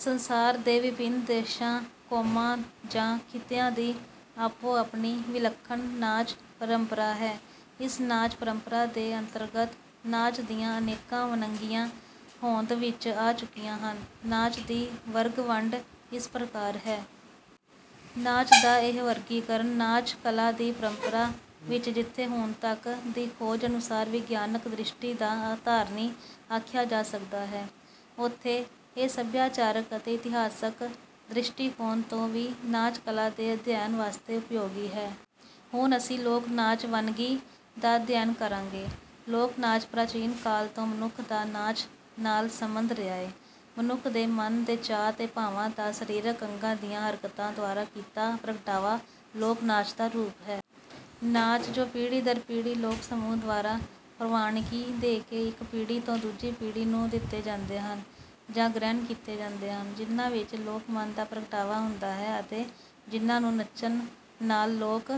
ਸੰਸਾਰ ਦੇ ਵਿਭਿੰਨ ਦੇਸ਼ਾਂ, ਕੌਮਾਂ ਜਾਂ ਖਿੱਤਿਆਂ ਦੀ ਆਪੋ-ਆਪਣੀ ਵਿਲੱਖਣ ਨਾਚ ਪਰੰਪਰਾ ਹੈ। ਇਸ ਨਾਚ ਪਰੰਪਰਾ ਦੇ ਅੰਤਰਗਤ ਨਾਚ ਦੀਆਂ ਅਨੇਕਾਂ ਵੰਨਗੀਆਂ ਹੋਂਦ ਵਿੱਚ ਆ ਚੁੱਕੀਆਂ ਹਨ। ਨਾਚ ਦੀ ਵਰਗ-ਵੰਡ ਇਸ ਪ੍ਰਕਾਰ ਹੈ। ਨਾਚ ਦਾ ਇਹ ਵਰਗੀਕਰਨ ਨਾਚ ਕਲਾ ਦੀ ਪਰੰਪਰਾ ਵਿੱਚ ਜਿੱਥੇ ਹੁਣ ਤੱਕ ਦੀ ਖੋਜ ਅਨੁਸਾਰ ਵਿਗਿਆਨਕ ਦ੍ਰਿਸ਼ਟੀ ਦਾ ਧਾਰਨੀ ਆਖਿਆ ਜਾ ਸਕਦਾ ਹੈ, ਉੱਥੇ ਇਹ ਸਭਿਆਚਾਰਕ ਅਤੇ ਇਤਿਹਾਸਕ ਦ੍ਰਿਸ਼ਟੀਕੋਣ ਤੋਂ ਵੀ ਨਾਚ ਕਲਾ ਦੇ ਅਧਿਐਨ ਵਾਸਤੇ ਉਪਯੋਗੀ ਹੈ। ਹੁਣ ਅਸੀਂ ਲੋਕ ਨਾਚ ਵੰਨਗੀ ਦਾ ਅਧਿਐਨ ਕਰਾਂਗੇ ਲੋਕ ਨਾਚ ਪ੍ਰਾਚੀਨ ਕਾਲ ਤੋਂ ਮਨੁੱਖ ਦਾ ਨਾਚ ਨਾਲ ਸੰਬੰਧ ਰਿਹਾ ਹੈ। ਮਨੁੱਖ ਦੇ ਮਨ ਦੇ ਚਾਅ ਤੇ ਭਾਵਾਂ ਦਾ ਸਰੀਰਕ ਅੰਗਾਂ ਦੀਆਂ ਹਰਕਤਾਂ ਦੁਆਰਾ ਕੀਤਾ ਪ੍ਰਗਟਾਵਾ ਲੋਕ ਨਾਚ ਦਾ ਰੂਪ ਹੈ। ਨਾਚ, ਜੋ ਪੀੜ੍ਹੀ ਦਰ ਪੀੜ੍ਹੀ ਲੋਕ-ਸਮੂਹ ਦੁਆਰਾ ਪ੍ਰਵਾਨਗੀ ਦੇ ਕੇ ਇੱਕ ਪੀੜ੍ਹੀ ਤੋਂ ਦੂਜੀ ਪੀੜ੍ਹੀ ਨੂੰ ਦਿੱਤੇ ਜਾਂਦੇ ਹਨ ਜਾਂ ਗ੍ਰਹਿਣ ਕੀਤੇ ਜਾਂਦੇ ਹਨ, ਜਿਨ੍ਹਾਂ ਵਿੱਚ ਲੋਕ-ਮਨ ਦਾ ਪ੍ਰਗਟਾਵਾ ਹੁੰਦਾ ਹੈ ਅਤੇ ਜਿਨ੍ਹਾਂ ਨੂੰ ਨੱਚਣ ਨਾਲ ਲੋਕ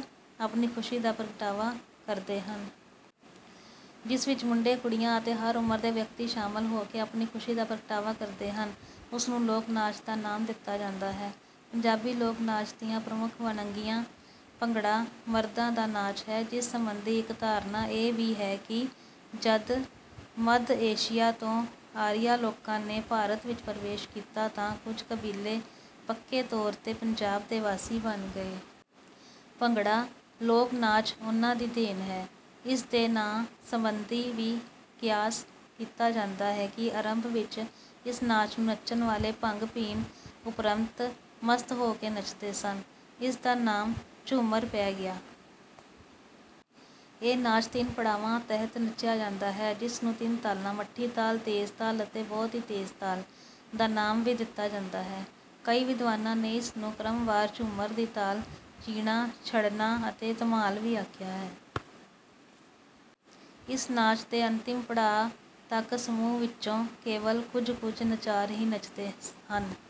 ਆਪਣੀ ਖੁਸ਼ੀ ਦਾ ਪ੍ਰਗਟਾਵਾ ਕਰਦੇ ਹਨ। ਜਿਸ ਵਿੱਚ ਮੁੰਡੇ, ਕੁੜੀਆਂ ਅਤੇ ਹਰ ਉਮਰ ਦੇ ਵਿਅਕਤੀ ਸ਼ਾਮਲ ਹੋ ਕੇ ਆਪਣੀ ਖੁਸ਼ੀ ਦਾ ਪ੍ਰਗਟਾਵਾ ਕਰਦੇ ਹਨ, ਉਸ ਨੂੰ ਲੋਕ ਨਾਚ ਦਾ ਨਾਮ ਦਿੱਤਾ ਜਾਂਦਾ ਹੈ। ਪੰਜਾਬੀ ਲੋਕ ਨਾਚ ਦੀਆਂ ਪ੍ਰਮੁੱਖ ਵੰਨਗੀਆਂ ਭੰਗੜਾ ਮਰਦਾਂ ਦਾ ਨਾਚ ਹੈ, ਜਿਸ ਸੰਬੰਧੀ ਇੱਕ ਧਾਰਨਾ ਇਹ ਵੀ ਹੈ ਕਿ ਜਦ ਮੱਧ ਏਸ਼ੀਆ ਤੋਂ ਆਰੀਆ ਲੋਕਾਂ ਨੇ ਭਾਰਤ ਵਿੱਚ ਪ੍ਰਵੇਸ਼ ਕੀਤਾ ਤਾਂ ਕੁਝ ਕਬੀਲੇ ਪੱਕੇ ਤੌਰ ’ਤੇ ਪੰਜਾਬ ਦੇ ਵਾਸੀ ਬਣ ਗਏ। ‘ਭੰਗੜਾ’ ਲੋਕ ਨਾਚ ਉਨ੍ਹਾਂ ਦੀ ਦੇਣ ਹੈ। ਇਸ ਦੇ ਨਾਂ ਸੰਬੰਧੀ ਵੀ ਕਿਆਸ ਕੀਤਾ ਜਾਂਦਾ ਹੈ ਕਿ ਆਰੰਭ ਵਿੱਚ ਇਸ ਨਾਚ ਨੂੰ ਨੱਚਣ ਵਾਲੇ ਭੰਗ ਪੀਣ ਉਪਰੰਤ ਮਸਤ ਹੋ ਕੇ ਨੱਚਦੇ ਸਨ। ਇਸ ਦਾ ਨਾਮ ਝੂੰਮਰ ਪੈ ਗਿਆ। ਇਹ ਨਾਚ ਤਿੰਨ ਪੜਾਵਾਂ ਤਹਿਤ ਨੱਚਿਆ ਜਾਂਦਾ ਹੈ, ਜਿਸ ਨੂੰ ਤਿੰਨ ਤਾਲਾਂ—ਮੱਠੀ ਤਾਲ, ਤੇਜ਼ ਤਾਲ ਅਤੇ ਬਹੁਤ ਹੀ ਤੇਜ਼ ਤਾਲ—ਦਾ ਨਾਮ ਵੀ ਦਿੱਤਾ ਜਾਂਦਾ ਹੈ। ਕਈ ਵਿਦਵਾਨਾਂ ਨੇ ਇਸ ਨੂੰ ਕ੍ਰਮਵਾਰ ਝੂੰਮਰ ਦੀ ਤਾਲ, ਚੀਣਾ ਛੜਨਾ ਅਤੇ ਧਮਾਲ ਵੀ ਆਖਿਆ ਹੈ। ਇਸ ਨਾਚ ਦੇ ਅੰਤਿਮ ਪੜਾਅ ਤੱਕ ਸਮੂਹ ਵਿੱਚੋਂ ਕੇਵਲ ਕੁਝ-ਕੁਝ ਨਚਾਰ ਹੀ ਨੱਚਦੇ ਹਨ।